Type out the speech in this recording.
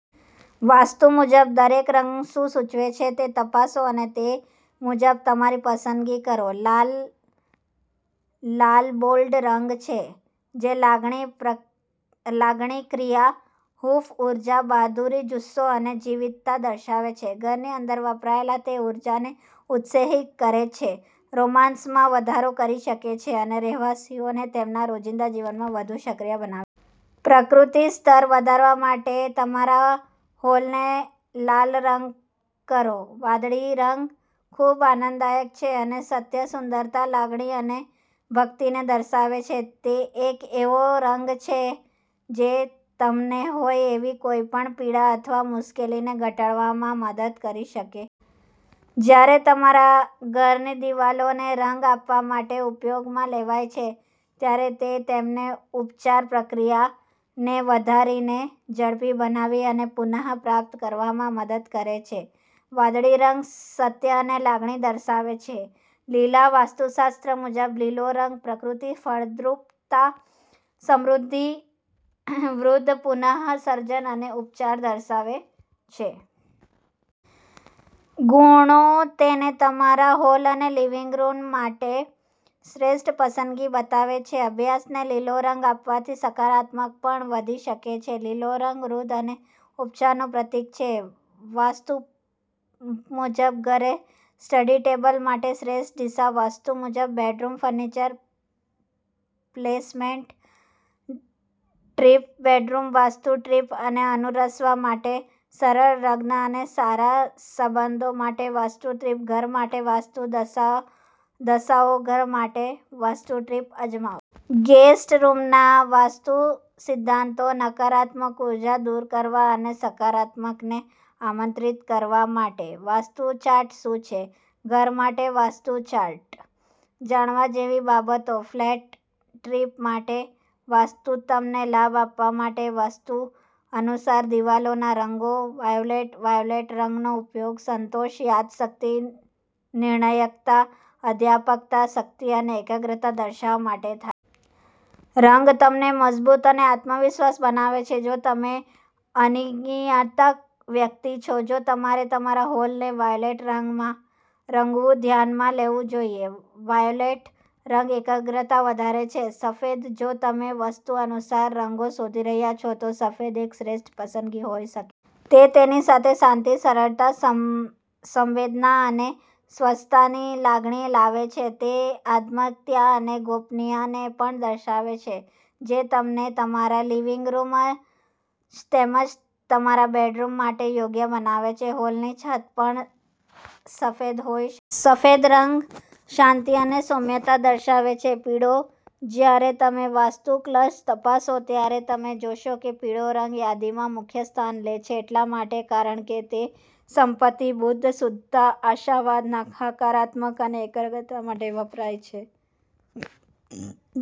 વાસ્તુ મુજબ દરેક રંગ શું સૂચવે છે તે તપાસો અને તે મુજબ તમારી પસંદગી કરો. લાલ લાલબોલ્ડ રંગ છે જે લાગણી, ક્રિયા, હૂંફ, ઉર્જા, બહાદુરી, જુસ્સો અને જીવંતતા દર્શાવે છે. ઘરની અંદર વપરાયેલ, તે ઊર્જાને ઉત્તેજીત કરી શકે છે, રોમાંસમાં વધારો કરી શકે છે અને રહેવાસીઓને તેમના રોજિંદા જીવનમાં વધુ સક્રિય બનાવી શકે છે. પ્રકૃત્તિ સ્તર વધારવા માટે તમારા હોલને લાલ રંગ કરો વાદળી વાદળી રંગ ખૂબઆનંદદાયક છે અને સત્ય, સુંદરતા, લાગણી અને ભક્તિને દર્શાવે છે. તે એક એવો રંગ છે જે તમને હોય તેવી કોઈપણ પીડા અથવા મુશ્કેલીને ઘટાડવામાં મદદ કરી શકે છે. જ્યારે તમારા ઘરની દિવાલોને રંગ આપવા માટે ઉપયોગમાં લેવાય છે, ત્યારે તે તમને ઉપચાર પ્રક્રિયાને વધારીને અને ઝડપી બનાવીને પુનઃપ્રાપ્ત કરવામાં મદદ કરી શકે છે. વાદળી રંગ સત્ય અને લાગણી દર્શાવે છે લીલા વાસ્તુશાસ્ત્ર મુજબ, લીલો રંગ પ્રકૃતિ, ફળદ્રુપતા, સમૃદ્ધિ, વૃદ્ધિ, પુનર્જન્મ, સર્જન અને ઉપચાર દર્શાવે છે. ગુણો તેને તમારા હોલ અને લિવિંગ રૂમ માટે શ્રેષ્ઠ પસંદગી બનાવે છે. અભ્યાસને લીલો રંગ આપવાથી સર્જનાત્મકતા પણ વધી શકે છે! લીલો રંગ વૃદ્ધિ અને ઉપચારનું પ્રતીક છે વાસ્તુ મુજબ ઘરે સ્ટડી ટેબલ માટે શ્રેષ્ઠ દિશા, વાસ્તુ મુજબ bedroom furniture placement tips bedroom vastu ટિપ્સને અનુસરવા માટે સરળ, લગ્ન અને સારા સંબંધો માટે વાસ્તુ ટિપ્સ, ઘર માટે વાસ્તુ દિશાઓઘર માટેવાસ્તુ ટિપ્સ અજમાવો!, ગેસ્ટ રૂમના વાસ્તુ સિદ્ધાંતો નકારાત્મક ઉર્જા દૂર કરવા અને સકારાત્મકતાને આમંત્રિત કરવા માટે, વાસ્તુ ચાર્ટ શું છે? ઘર માટે વાસ્તુ ચાર્ટ. જાણવા જેવી બાબતો., ફ્લેટ ટિપ્સ માટે વાસ્તુતમને લાભ આપવા માટે, વાસ્તુ અનુસાર દિવાલોના રંગો, વાયોલેટ વાયોલેટ રંગનો ઉપયોગ સંતોષ, યાદશક્તિ, નિર્ણાયકતા, આધ્યાત્મિકતા, શક્તિ અને એકાગ્રતા દર્શાવવા માટે થાય છે. રંગ તમને મજબૂત અને આત્મવિશ્વાસ બનાવે છે. જો તમે અનિર્ણાયક વ્યક્તિ છો, તો તમારે તમારા હોલને વાયોલેટ રંગમાં રંગવાનું ધ્યાનમાં લેવું જોઈએ. વાયોલેટ રંગ એકાગ્રતા વધારે છે સફેદ જો તમે વાસ્તુ અનુસાર રંગો શોધી રહ્યા છો, તો સફેદ એક શ્રેષ્ઠ પસંદગી હોઈ શકે છે. તે તેની સાથે શાંતિ, સરળતા, સંવેદના અને સ્વચ્છતાની લાગણી લાવે છે. તે આત્મીયતા અને ગોપનીયતાને પણ દર્શાવે છે, જે તેને તમારા લિવિંગ રૂમ તેમજ તમારા બેડરૂમ માટે યોગ્ય બનાવે છે. હોલની છત પણ સફેદ હોઈ શકે છે. સફેદ રંગ શાંતિ અને સૌમ્યતા દર્શાવે છે પીળો જ્યારે તમે વાસ્તુ કલર્સ તપાસો છો, ત્યારે તમે જોશો કે પીળો રંગ યાદીમાં મુખ્ય સ્થાન લે છે. એટલા માટે છે કારણ કે તે સંપત્તિ, બુદ્ધિ, શુદ્ધતા, આશાવાદ, હકારાત્મકતા અને એકાગ્રતા માટે વપરાય છે. જે